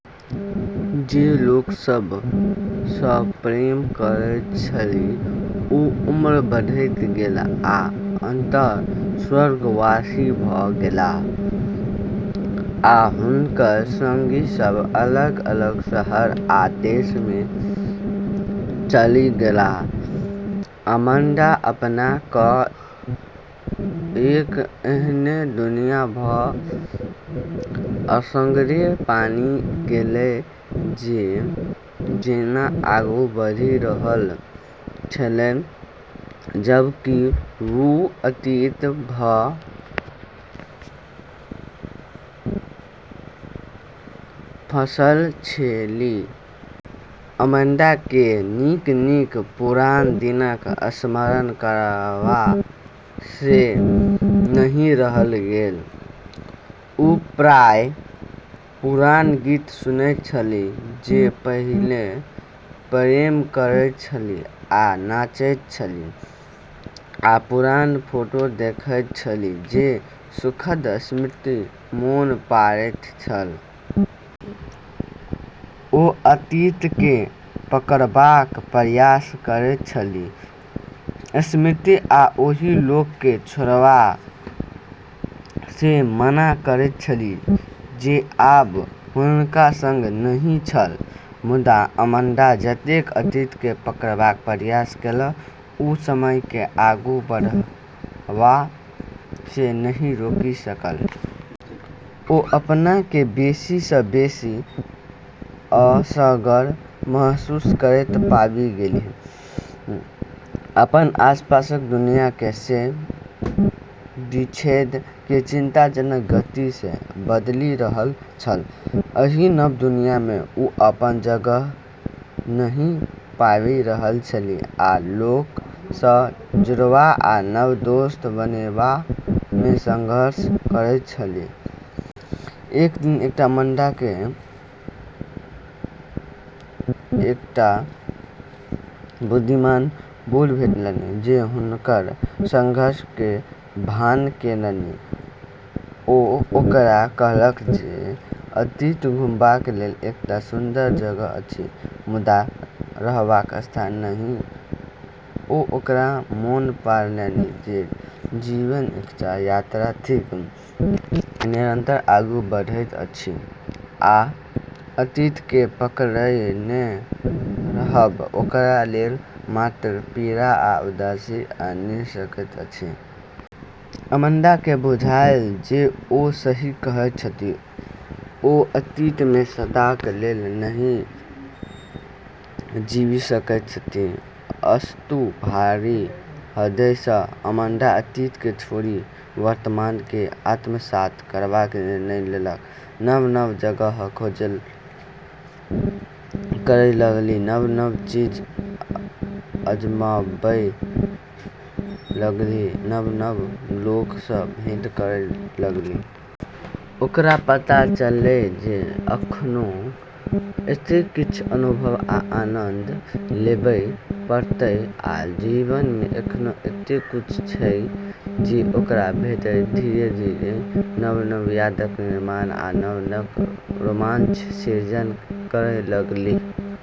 जे लोक सब सऽ प्रेम करैत छलीह ओ उम्र बढ़ैत गेल आ अंततः स्वर्गवासी भऽ गेलाह, आ हुनकर संगी सब अलग-अलग शहर आ देश मे चलि गेलाह। अमांडा अपना कऽ एक ऐन्हऽ दुनिया मऽ असगरे पाबी गेलै जे जेना आगू बढ़ी रहलऽ छेलै, जबकि वू अतीत मऽ फंसलऽ छेली। अमांडा केँ नीक-नीक पुरान दिनक स्मरण करबा सँ नहि रहल गेल। ओ प्रायः पुरान गीत सुनैत छलीह जे पहिने प्रेम करैत छलीह आ नाचैत छलीह, आ पुरान फोटो देखैत छलीह जे सुखद स्मृति मोन पाड़ैत छल। ओ अतीत केँ पकड़बाक प्रयास करैत छलीह, स्मृति आ ओहि लोक केँ छोड़बा सँ मना करैत छलीह जे आब हुनका संग नहि छल। मुदा अमांडा जतेक अतीत केँ पकड़बाक प्रयास केलक, ओ समय केँ आगू बढ़बा सँ नहि रोकि सकल। ओ अपना केँ बेसी सँ बेसी असगर महसूस करैत पाबि गेलीह, अपन आसपासक दुनियाँ सँ विच्छेद जे चिंताजनक गति सँ बदलि रहल छल। एहि नव दुनिया मे ओ अपन जगह नहि पाबि रहल छलीह आ लोक स जुड़बा आ नव दोस्त बनेबा मे संघर्ष करैत छलीह। एक दिन अमांडा के एकटा बुद्धिमान बूढ़ भेटलनि जे हुनकर संघर्ष के भान केलनि। ओ ओकरा कहलक जे अतीत घुमबाक लेल एकटा सुन्दर जगह अछि, मुदा रहबाक स्थान नहि, ओ ओकरा मोन पाड़लनि जे जीवन एकटा यात्रा थिक, निरंतर आगू बढ़ैत अछि, आ अतीत केँ पकड़ने रहब ओकरा लेल मात्र पीड़ा आ उदासी आनि सकैत अछि। अमांडा के बुझायल जे ओ सही कहैत छथि ओ अतीत मे सदाक लेल नहि जीबि सकैत छथि। अस्तु, भारी हृदय सँ अमांडा अतीत केँ छोड़ि वर्तमान केँ आत्मसात करबाक निर्णय लेलक। नव-नव जगहक खोज करय लगलीह, नव-नव चीज आजमाबय लगलीह, नव-नव लोक सऽ भेंट करय लगलीह । ओकरा पता चललै जे एखनो एतेक किछु अनुभव आ आनंद लेबय पड़तैक, आ जीवन मे एखनो एतेक किछु छैक जे ओकरा भेटय। धीरे-धीरे नव-नव यादक निर्माण आ नव-नव रोमांच सृजन करय लगलीह।